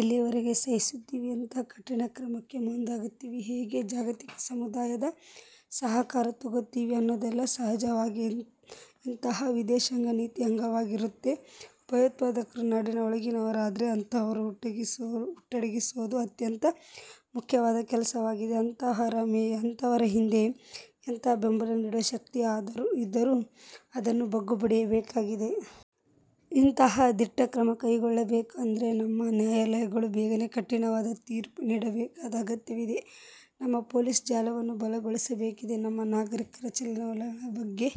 ಎಲ್ಲಿಯವರೆಗೆ ಸಹಿಸ್ತೀವಿ? ಎಂತಹ ಕಠಿಣ ಕ್ರಮಕ್ಕೆ ಮುಂದಾಗ್ತೀವಿ? ಹೇಗೆ ಜಾಗತಿಕ ಸಮುದಾಯದ ಸಹಕಾರ ತೊಗೋತೀವಿ? ಅನ್ನೋದೆಲ್ಲಾ ಸಹಜವಾಗೇ ಇಂತಹ ವಿದೇಶಾಂಗ ನೀತಿಯ ಅಂಗವಾಗಿರುತ್ತೆ. ಭಯೋತ್ಪಾದಕರು ನಾಡಿನ ಒಳಗಿನವರಾದ್ರೆ ಅಂತಹವರ ಹುಟ್ಟಡಗಿಸೋದು ಅತ್ಯಂತ ಮುಖ್ಯವಾದ ಕೆಲಸವಾಗಿದೆ. ಅಂತಹವರ ಹಿಂದೆ ಎಂತಹ ಬೆಂಬಲ ನೀಡುವ ಶಕ್ತಿಯೇ ಇದರೂ ಅದನ್ನು ಬಗ್ಗು ಬಡಿಯಬೇಕಾಗಿದೆ. ಇಂತಹ ದಿಟ್ಟಕ್ರಮ ಕೈಗೊಳ್ಳಬೇಕು ಅಂದ್ರೆ ನಮ್ಮ ನ್ಯಾಯಾಲಯಗಳು ಬೇಗನೆ ಕಠಿಣವಾದ ತೀರ್ಪು ನೀಡಬೇಕಾದ ಅಗತ್ಯವಿದೆ. ನಮ್ಮ ಪೊಲೀಸ್ ಜಾಲವನ್ನು ಬಲಗೊಳಿಸಬೇಕಿದೆ. ನಮ್ಮ ನಾಗರೀಕರ ಚಲನವಲನಗಳ ಬಗ್ಗೆ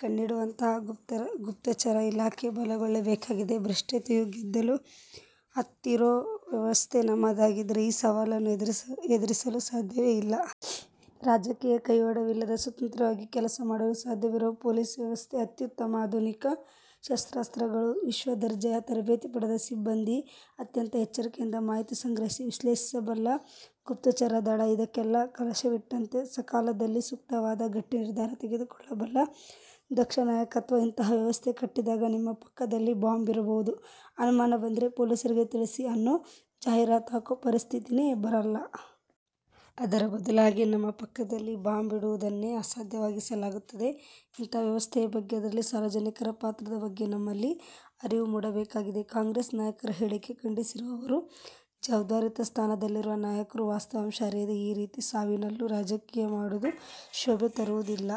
ಕಣ್ಣಿಡುವಂತಹ ಗುಪ್ತಚರ ಇಲಾಖೆ ಬಲಗೊಳ್ಳಬೇಕಾಗಿದೆ. ಭ್ರಷ್ಟತೆಯ ಗೆದ್ದಲು ಹತ್ತಿರೋ ವ್ಯವಸ್ಥೆ ನಮ್ಮದಾಗಿದ್ದರೆ ಈ ಸವಾಲನ್ನು ಎದುರಿಸಲು ಸಾಧ್ಯವೇ ಇಲ್ಲ. ರಾಜಕೀಯ ಕೈವಾಡವಿಲ್ಲದ, ಸ್ವತಂತ್ರವಾಗಿ ಕೆಲಸ ಮಾಡಲು ಸಾಧ್ಯವಿರುವ ಪೊಲೀಸ್ ವ್ಯವಸ್ಥೆ ಅತ್ಯುತ್ತಮ ಆಧುನಿಕ ಶಸ್ತ್ರಾಸ್ತ್ರಗಳು, ವಿಶ್ವದರ್ಜೆಯ ತರಬೇತಿ ಪಡೆದ ಸಿಬ್ಬಂದಿ, ಅತ್ಯಂತ ಎಚ್ಚರಿಕೆಯಿಂದ ಮಾಹಿತಿ ಸಂಗ್ರಹಿಸಿ ವಿಶ್ಲೇಷಿಸಬಲ್ಲ ಗುಪ್ತಚರ ದಳ, ಇದಕ್ಕೆಲ್ಲಾ ಕಲಶವಿಟ್ಟಂತೆ ಸಕಾಲದಲ್ಲಿ ಸೂಕ್ತವಾದ ಗಟ್ಟಿ ನಿರ್ಧಾರ ತೆಗೆದುಕೊಳ್ಳಬಲ್ಲ ದಕ್ಷ ನಾಯಕತ್ವ ಇಂತಹ ವ್ಯವಸ್ಥೆ ಕಟ್ಟಿದಾಗ "ನಿಮ್ಮ ಪಕ್ಕದಲ್ಲಿ ಬಾಂಬ್ ಇರಬಹುದು, ಅನುಮಾನ ಬಂದರೆ ಪೊಲೀಸರಿಗೆ ತಿಳಿಸಿ" ಅನ್ನೋ ಜಾಹಿರಾತು ಹಾಕೋ ಪರಿಸ್ಥಿತೀನೆ ಬರಲ್ಲ. ಅದರ ಬದಲು ಹಾಗೆ ನಮ್ಮ ಪಕ್ಕದಲ್ಲಿ ಬಾಂಬ್ ಇಡುವುದನ್ನೇ ಅಸಾಧ್ಯವಾಗಿಸಲಾಗುತ್ತದೆ. ಇಂತಹ ವ್ಯವಸ್ಥೆಯ ಬಗ್ಗೆ, ಅದರಲ್ಲಿ ಸಾರ್ವಜನಿಕರ ಪಾತ್ರದ ಬಗ್ಗೆ ನಮ್ಮಲ್ಲಿ ಅರಿವು ಮೂಡಬೇಕಾಗಿದೆ. ಕಾಂಗ್ರೆಸ್ ನಾಯಕರ ಹೇಳಿಕೆ ಖಂಡಿಸಿರುವ ಅವರು, ಜವಾಬ್ದಾರಿಯುತ ಸ್ಥಾನದಲ್ಲಿರುವ ನಾಯಕರು ವಾಸ್ತವಾಂಶ ಅರಿಯದೆ ಈ ರೀತಿ ಸಾವಿನಲ್ಲೂ ರಾಜಕೀಯ ಮಾಡುವುದು ಶೋಭೆ ತರುವುದಿಲ್ಲ.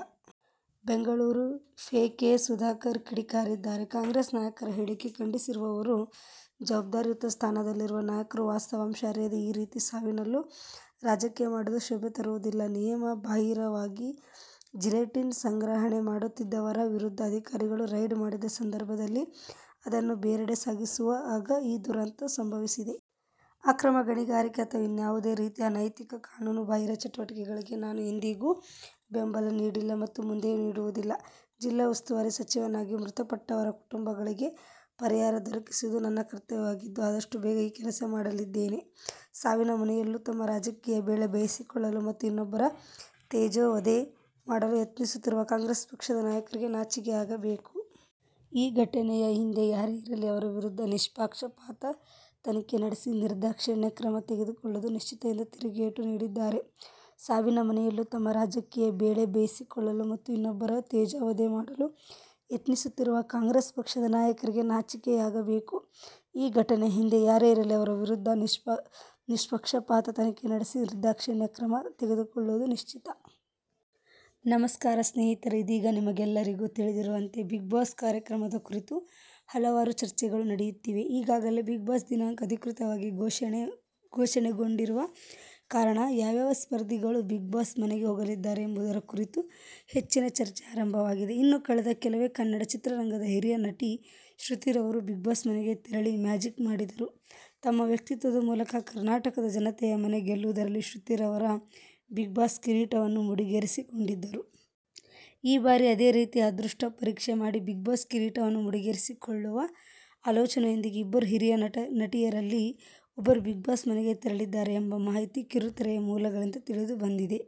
ಬೆಂಗಳೂರು, ಫೆ. ಕೆ. ಸುಧಾಕರ್ ಕಿಡಿಕಾರಿದ್ದಾರೆ. ಕಾಂಗ್ರೆಸ್ ನಾಯಕರ ಹೇಳಿಕೆ ಖಂಡಿಸಿರುವ ಅವರು, ಜವಾಬ್ದಾರಿಯುತ ಸ್ಥಾನದಲ್ಲಿರುವ ನಾಯಕರು ವಾಸ್ತವಾಂಶ ಅರಿಯದೆ ಈ ರೀತಿ ಸಾವಿನಲ್ಲೂ ರಾಜಕೀಯ ಮಾಡುವುದು ಶೋಭೆ ತರುವುದಿಲ್ಲ. ನಿಯಮ ಬಾಹಿರವಾಗಿ ಜಿಲೆಟಿನ್ ಸಂಗ್ರಹಣೆ ಮಾಡುತ್ತಿದ್ದವರ ವಿರುದ್ಧ ಅಧಿಕಾರಿಗಳು ರೈಡ್ ಮಾಡಿದ್ದ ಸಂದರ್ಭದಲ್ಲಿ ಅದನ್ನು ಬೇರೆಡೆ ಸಾಗಿಸುವಾಗ ಈ ದುರಂತ ಸಂಭವಿಸಿದೆ. ಅಕ್ರಮ ಗಣಿಗಾರಿಕೆ ಅಥವಾ ಇನ್ಯಾವುದೇ ರೀತಿಯ ಅನೈತಿಕ, ಕಾನೂನು ಬಾಹಿರ ಚಟುವಟಿಕೆಗಳಿಗೆ ನಾನು ಎಂದಿಗೂ ಬೆಂಬಲ ನೀಡಿಲ್ಲ ಮತ್ತು ಮುಂದೆಯೂ ನೀಡುವುದಿಲ್ಲ. ಜಿಲ್ಲಾ ಉಸ್ತುವಾರಿ ಸಚಿವನಾಗಿ ಮೃತಪಟ್ಟವರ ಕುಟುಂಬಗಳಿಗೆ ಪರಿಹಾರ ದೊರಕಿಸುವುದು ನನ್ನ ಕರ್ತವ್ಯವಾಗಿದ್ದು ಆದಷ್ಟು ಬೇಗ ಈ ಕೆಲಸ ಮಾಡಲಿದ್ದೇನೆ. ಸಾವಿನ ಮನೆಯಲ್ಲೂ ತಮ್ಮ ರಾಜಕೀಯ ಬೇಳೆ ಬೇಯಿಸಿಕೊಳ್ಳಲು ಮತ್ತು ಇನ್ನೊಬ್ಬರ ತೇಜೋವಧೆ ಮಾಡಲು ಯತ್ನಿಸುತ್ತಿರುವ ಕಾಂಗ್ರೆಸ್ ಪಕ್ಷದ ನಾಯಕರಿಗೆ ನಾಚಿಕೆಯಾಗಬೇಕು. ಈ ಘಟನೆಯ ಹಿಂದೆ ಯಾರೇ ಇರಲಿ ಅವರ ವಿರುದ್ಧ ನಿಷ್ಪಕ್ಷಪಾತ ತನಿಖೆ ನಡೆಸಿ ನಿರ್ದಾಕ್ಷಿಣ್ಯ ಕ್ರಮ ತೆಗೆದುಕೊಳ್ಳುವುದು ನಿಶ್ಚಿತ ಎಂದು ತಿರುಗೇಟು ನೀಡಿದ್ದಾರೆ. ಸಾವಿನ ಮನೆಯಲ್ಲೂ ತಮ್ಮ ರಾಜಕೀಯ ಬೇಳೆ ಬೇಯಿಸಿಕೊಳ್ಳಲು ಮತ್ತು ಇನ್ನೊಬ್ಬರ ತೇಜೋವಧೆ ಮಾಡಲು ಯತ್ನಿಸುತ್ತಿರುವ ಕಾಂಗ್ರೆಸ್ ಪಕ್ಷದ ನಾಯಕರಿಗೆ ನಾಚಿಕೆಯಾಗಬೇಕು. ಈ ಘಟನೆಯ ಹಿಂದೆ ಯಾರೇ ಇರಲಿ ಅವರ ವಿರುದ್ಧ ನಿಷ್ಪಕ್ಷಪಾತ ತನಿಖೆ ನಡೆಸಿ ನಿರ್ದಾಕ್ಷಿಣ್ಯ ಕ್ರಮ ತೆಗೆದುಕೊಳ್ಳುವುದು ನಿಶ್ಚಿತ. ನಮಸ್ಕಾರ ಸ್ನೇಹಿತರೇ ಇದೀಗ ನಿಮಗೆಲ್ಲರಿಗೂ ತಿಳಿದಿರುವಂತೆ ಬಿಗ್ ಬಾಸ್ ಕಾರ್ಯಕ್ರಮದ ಕುರಿತು ಹಲವಾರು ಚರ್ಚೆಗಳು ನಡೆಯುತ್ತಿವೆ. ಈಗಾಗಲೇ ಬಿಗ್ ಬಾಸ್ ದಿನಾಂಕ ಅಧಿಕೃತವಾಗಿ ಘೋಷಣೆ ಕೊಂಡಿರುವ ಕಾರಣ ಯಾವ್ಯಾವ ಸ್ಪರ್ಧಿಗಳು ಬಿಗ್ ಬಾಸ್ ಮನೆಗೆ ಹೋಗಲಿದ್ದಾರೆ ಎಂಬುದರ ಕುರಿತು ಹೆಚ್ಚಿನ ಚರ್ಚೆ ಆರಂಭವಾಗಿದೆ. ಇನ್ನು ಕಳೆದ ಕೆಲವು ಕನ್ನಡ ಚಿತ್ರರಂಗದ ಹಿರಿಯ ನಟಿ ಶ್ರುತಿ ರವರು ಬಿಗ್ ಬಾಸ್ ಮನೆಗೆ ತೆರಳಿ ಮ್ಯಾಜಿಕ್ ಮಾಡಿದರು ತಮ್ಮ ವ್ಯಕ್ತಿತ್ವದ ಮೂಲಕ ಕರ್ನಾಟಕದ ಜನತೆಯ ಮನೆ ಗೆಲ್ಲುವುದರಲ್ಲಿ ಶೃತಿ ರವರು ಬಿಗ್ ಬಾಸ್ ಕಿರೀಟವನ್ನು ಮುಡಿಗೇರಿಸಿ ಕೊಂಡಿದ್ದರು. ಈ ಬಾರಿ ಅದೇ ರೀತಿಯ ಅದೃಷ್ಟ ಪರೀಕ್ಷೆ ಮಾಡಿ ಬಿಗ್ ಬಾಸ್ ಕಿರೀಟವನ್ನು ಮುಡಿಗೇರಿಸಿಕೊಳ್ಳುವ ಆಲೋಚನೆಯೊಂದಿಗೆ ಇಬ್ಬರು ಹಿರಿಯ ನಟಿಯರಲ್ಲಿ ಒಬ್ಬರು ಬಿಗ್ ಬಾಸ್ ಮನೆಗೆ ತೆರಳಿದ್ದಾರೆ ಎಂಬ ಮಾಹಿತಿ ಕಿರುತೆರೆಯ ಮೂಲಗಳಿಂದ ತಿಳಿದುಬಂದಿದೆ.